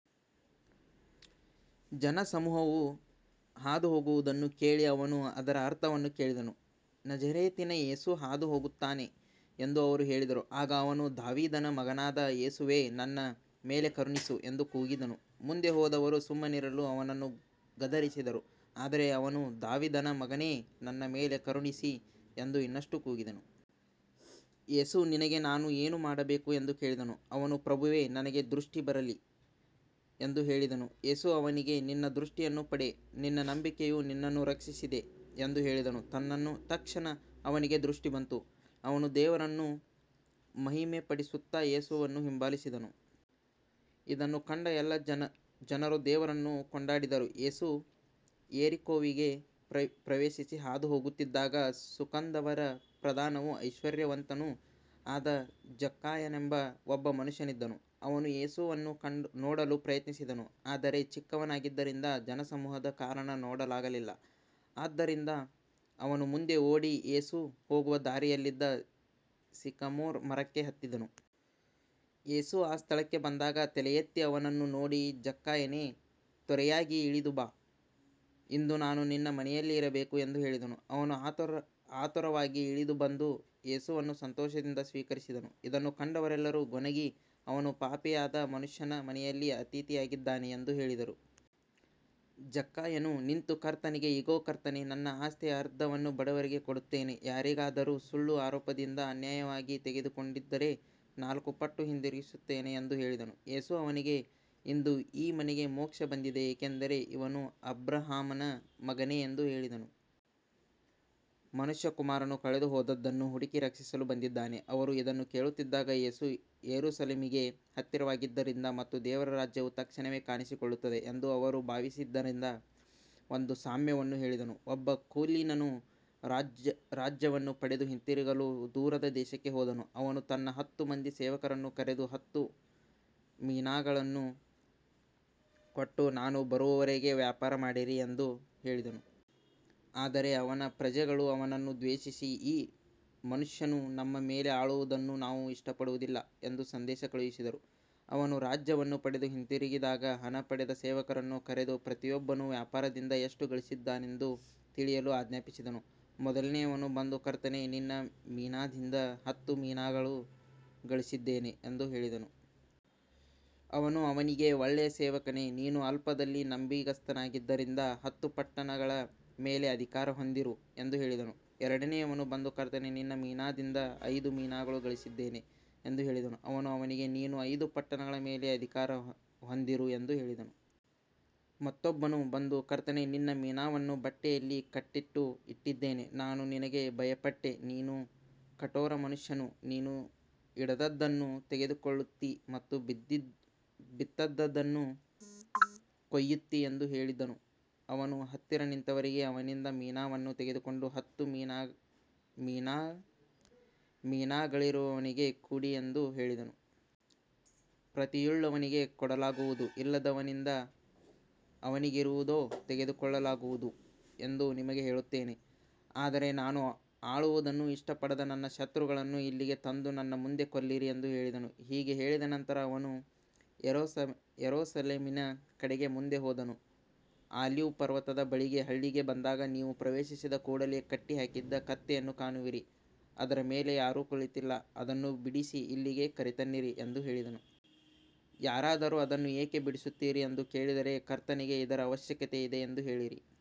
ಜನಸಮೂಹವು ಹಾದುಹೋಗುವುದನ್ನು ಕೇಳಿ ಅವನು ಅದರ ಅರ್ಥವನ್ನು ಕೇಳಿದನು. ನಜರೇತಿನ ಯೇಸು ಹಾದುಹೋಗುತ್ತಾನೆ ಎಂದು ಅವರು ಹೇಳಿದರು. ಆಗ ಅವನು ದಾವೀದನ ಮಗನಾದ ಯೇಸುವೇ, ನನ್ನ ಮೇಲೆ ಕರುಣಿಸು ಎಂದು ಕೂಗಿದನು. ಮುಂದೆ ಹೋದವರು ಸುಮ್ಮನಿರಲು ಅವನನ್ನು ಗದರಿಸಿದರು, ಆದರೆ ಅವನು ದಾವೀದನ ಮಗನೇ, ನನ್ನ ಮೇಲೆ ಕರುಣಿಸು ಎಂದು ಇನ್ನಷ್ಟು ಕೂಗಿದನು. ಯೇಸು ನಿನಗೆ ನಾನು ಏನು ಮಾಡಬೇಕು ಎಂದು ಕೇಳಿದನು. ಅವನು ಪ್ರಭುವೇ, ನನಗೆ ದೃಷ್ಟಿ ಬರಲಿ ಎಂದು ಹೇಳಿದನು. ಯೇಸು ಅವನಿಗೆ, ನಿನ್ನ ದೃಷ್ಟಿಯನ್ನು ಪಡೆ, ನಿನ್ನ ನಂಬಿಕೆಯು ನಿನ್ನನ್ನು ರಕ್ಷಿಸಿದೆ ಎಂದು ಹೇಳಿದನು. ತಕ್ಷಣ ಅವನಿಗೆ ದೃಷ್ಟಿ ಬಂತು, ಅವನು ದೇವರನ್ನು ಮಹಿಮೆಪಡಿಸುತ್ತಾ ಯೇಸುವನ್ನು ಹಿಂಬಾಲಿಸಿದನು. ಇದನ್ನು ಕಂಡ ಎಲ್ಲ ಜನರು ದೇವರನ್ನು ಕೊಂಡಾಡಿದರು. ಯೇಸು ಯೆರಿಕೋವಿಗೆ ಪ್ರವೇಶಿಸಿ ಹಾದುಹೋಗುತ್ತಿದ್ದಾಗ, ಸುಂಕದವರ ಪ್ರಧಾನನೂ ಐಶ್ವರ್ಯವಂತನೂ ಆದ ಜಕ್ಕಾಯನೆಂಬ ಒಬ್ಬ ಮನುಷ್ಯನಿದ್ದನು. ಅವನು ಯೇಸುವನ್ನು ನೋಡಲು ಪ್ರಯತ್ನಿಸಿದನು, ಆದರೆ ಚಿಕ್ಕವನಾಗಿದ್ದರಿಂದ ಜನಸಮೂಹದ ಕಾರಣ ನೋಡಲಾಗಲಿಲ್ಲ. ಆದ್ದರಿಂದ ಅವನು ಮುಂದೆ ಓಡಿ, ಯೇಸು ಹೋಗುವ ದಾರಿಯಲ್ಲಿದ್ದ ಸಿಕಮೋರ್ ಮರಕ್ಕೆ ಹತ್ತಿದನು. ಯೇಸು ಆ ಸ್ಥಳಕ್ಕೆ ಬಂದಾಗ ತಲೆಯೆತ್ತಿ ಅವನನ್ನು ನೋಡಿ, ಜಕ್ಕಾಯನೇ, ತ್ವರೆಯಾಗಿ ಇಳಿದು ಬಾ, ಇಂದು ನಾನು ನಿನ್ನ ಮನೆಯಲ್ಲಿ ಇರಬೇಕು ಎಂದು ಹೇಳಿದನು. ಅವನು ಆತುರವಾಗಿ ಇಳಿದು ಬಂದು ಯೇಸುವನ್ನು ಸಂತೋಷದಿಂದ ಸ್ವೀಕರಿಸಿದನು. ಇದನ್ನು ಕಂಡವರೆಲ್ಲರೂ ಗೊಣಗಿ, ಅವನು ಪಾಪಿಯಾದ ಮನುಷ್ಯನ ಮನೆಯಲ್ಲಿ ಅತಿಥಿಯಾಗಿದ್ದಾನೆ ಎಂದು ಹೇಳಿದರು. ಜಕ್ಕಾಯನು ನಿಂತು ಕರ್ತನಿಗೆ, ಇಗೋ ಕರ್ತನೇ, ನನ್ನ ಆಸ್ತಿಯ ಅರ್ಧವನ್ನು ಬಡವರಿಗೆ ಕೊಡುತ್ತೇನೆ. ಯಾರಿಗಾದರೂ ಸುಳ್ಳು ಆರೋಪದಿಂದ ಅನ್ಯಾಯವಾಗಿ ತೆಗೆದುಕೊಂಡಿದ್ದರೆ ನಾಲ್ಕು ಪಟ್ಟು ಹಿಂದಿರುಗಿಸುತ್ತೇನೆ ಎಂದು ಹೇಳಿದನು. ಯೇಸು ಅವನಿಗೆ, ಇಂದು ಈ ಮನೆಗೆ ಮೋಕ್ಷ ಬಂದಿದೆ, ಏಕೆಂದರೆ ಇವನೂ ಅಬ್ರಹಾಮನ ಮಗನೇ ಎಂದು ಹೇಳಿದನು. ಮನುಷ್ಯಕುಮಾರನು ಕಳೆದುಹೋದದ್ದನ್ನು ಹುಡುಕಿ ರಕ್ಷಿಸಲು ಬಂದಿದ್ದಾನೆ. ಅವರು ಇದನ್ನು ಕೇಳುತ್ತಿದ್ದಾಗ, ಯೇಸು ಯೆರೂಸಲೇಮಿಗೆ ಹತ್ತಿರವಾಗಿದ್ದರಿಂದ ಮತ್ತು ದೇವರ ರಾಜ್ಯವು ತಕ್ಷಣವೇ ಕಾಣಿಸಿಕೊಳ್ಳುತ್ತದೆ ಎಂದು ಅವರು ಭಾವಿಸಿದ್ದರಿಂದ ಒಂದು ಸಾಮ್ಯವನ್ನು ಹೇಳಿದನು. ಒಬ್ಬ ಕುಲೀನನು ರಾಜ್ಯವನ್ನು ಪಡೆದು ಹಿಂದಿರುಗಲು ದೂರದ ದೇಶಕ್ಕೆ ಹೋದನು. ಅವನು ತನ್ನ ಹತ್ತು ಮಂದಿ ಸೇವಕರನ್ನು ಕರೆದು ಹತ್ತು ಮಿನಾಗಳನ್ನು ಕೊಟ್ಟು, ನಾನು ಬರುವವರೆಗೆ ವ್ಯಾಪಾರ ಮಾಡಿರಿ ಎಂದು ಹೇಳಿದನು. ಆದರೆ ಅವನ ಪ್ರಜೆಗಳು ಅವನನ್ನು ದ್ವೇಷಿಸಿ, ಈ ಮನುಷ್ಯನು ನಮ್ಮ ಮೇಲೆ ಆಳುವುದನ್ನು ನಾವು ಇಷ್ಟಪಡುವುದಿಲ್ಲ ಎಂದು ಸಂದೇಶ ಕಳುಹಿಸಿದರು. ಅವನು ರಾಜ್ಯವನ್ನು ಪಡೆದು ಹಿಂದಿರುಗಿದಾಗ, ಹಣ ಪಡೆದ ಸೇವಕರನ್ನು ಕರೆದು ಪ್ರತಿಯೊಬ್ಬನು ವ್ಯಾಪಾರದಿಂದ ಎಷ್ಟು ಗಳಿಸಿದ್ದಾನೆಂದು ತಿಳಿಯಲು ಆಜ್ಞಾಪಿಸಿದನು. ಮೊದಲನೆಯವನು ಬಂದು, ಕರ್ತನೇ, ನಿನ್ನ ಮಿನಾದಿಂದ ಹತ್ತು ಮಿನಾಗಳು ಗಳಿಸಿದ್ದೇನೆ ಎಂದು ಹೇಳಿದನು. ಅವನು ಅವನಿಗೆ, ಒಳ್ಳೆಯ ಸೇವಕನೇ, ನೀನು ಅಲ್ಪದಲ್ಲಿ ನಂಬಿಗಸ್ತನಾಗಿದ್ದರಿಂದ ಹತ್ತು ಪಟ್ಟಣಗಳ ಮೇಲೆ ಅಧಿಕಾರ ಹೊಂದಿರು ಎಂದು ಹೇಳಿದನು. ಎರಡನೆಯವನು ಬಂದು, ಕರ್ತನೇ, ನಿನ್ನ ಮಿನಾದಿಂದ ಐದು ಮಿನಾಗಳು ಗಳಿಸಿದ್ದೇನೆ ಎಂದು ಹೇಳಿದನು. ಅವನು ಅವನಿಗೆ, ನೀನು ಐದು ಪಟ್ಟಣಗಳ ಮೇಲೆ ಅಧಿಕಾರ ಹೊಂದಿರು ಎಂದು ಹೇಳಿದನು. ಮತ್ತೊಬ್ಬನು ಬಂದು, ಕರ್ತನೇ, ನಿನ್ನ ಮಿನಾವನ್ನು ಬಟ್ಟೆಯಲ್ಲಿ ಕಟ್ಟಿಟ್ಟು ಇಟ್ಟಿದ್ದೇನೆ. ನಾನು ನಿನಗೆ ಭಯಪಟ್ಟೆ, ನೀನು ಕಠೋರ ಮನುಷ್ಯನು, ನೀನು ಇಡದದ್ದನ್ನು ತೆಗೆದುಕೊಳ್ಳುತ್ತೀ ಮತ್ತು ಬಿತ್ತದದ್ದನ್ನು ಕೊಯ್ಯುತ್ತೀ ಎಂದು ಹೇಳಿದನು. ಅವನು ಹತ್ತಿರ ನಿಂತವರಿಗೆ, ಅವನಿಂದ ಮಿನಾವನ್ನು ತೆಗೆದುಕೊಂಡು ಹತ್ತು ಮಿನಾಗಳಿರುವವನಿಗೆ ಕೊಡಿ ಎಂದು ಹೇಳಿದನು. ಪ್ರತಿಯುಳ್ಳವನಿಗೆ ಕೊಡಲಾಗುವುದು, ಇಲ್ಲದವನಿಂದ ಅವನಿಗಿರುವುದೂ ತೆಗೆದುಕೊಳ್ಳಲಾಗುವುದು ಎಂದು ನಿಮಗೆ ಹೇಳುತ್ತೇನೆ. ಆದರೆ ನಾನು ಆಳುವುದನ್ನು ಇಷ್ಟಪಡದ ನನ್ನ ಶತ್ರುಗಳನ್ನು ಇಲ್ಲಿಗೆ ತಂದು ನನ್ನ ಮುಂದೆ ಕೊಲ್ಲಿರಿ ಎಂದು ಹೇಳಿದನು. ಹೀಗೆ ಹೇಳಿದ ನಂತರ ಅವನು ಯೆರೂಸಲೇಮಿನ ಕಡೆಗೆ ಮುಂದೆ ಹೋದನು. ಆಲಿವ್ ಪರ್ವತದ ಬಳಿಯ ಹಳ್ಳಿಗೆ ಬಂದಾಗ, ನೀವು ಪ್ರವೇಶಿಸಿದ ಕೂಡಲೇ ಕಟ್ಟಿಹಾಕಿದ ಕತ್ತೆಯನ್ನು ಕಾಣುವಿರಿ, ಅದರ ಮೇಲೆ ಯಾರೂ ಕುಳಿತಿಲ್ಲ, ಅದನ್ನು ಬಿಡಿಸಿ ಇಲ್ಲಿಗೆ ಕರೆತನ್ನಿರಿ ಎಂದು ಹೇಳಿದನು. ಯಾರಾದರೂ, ಅದನ್ನು ಏಕೆ ಬಿಡಿಸುತ್ತೀರಿ ಎಂದು ಕೇಳಿದರೆ, ಕರ್ತನಿಗೆ ಇದರ ಅವಶ್ಯಕತೆಯಿದೆ ಎಂದು ಹೇಳಿರಿ.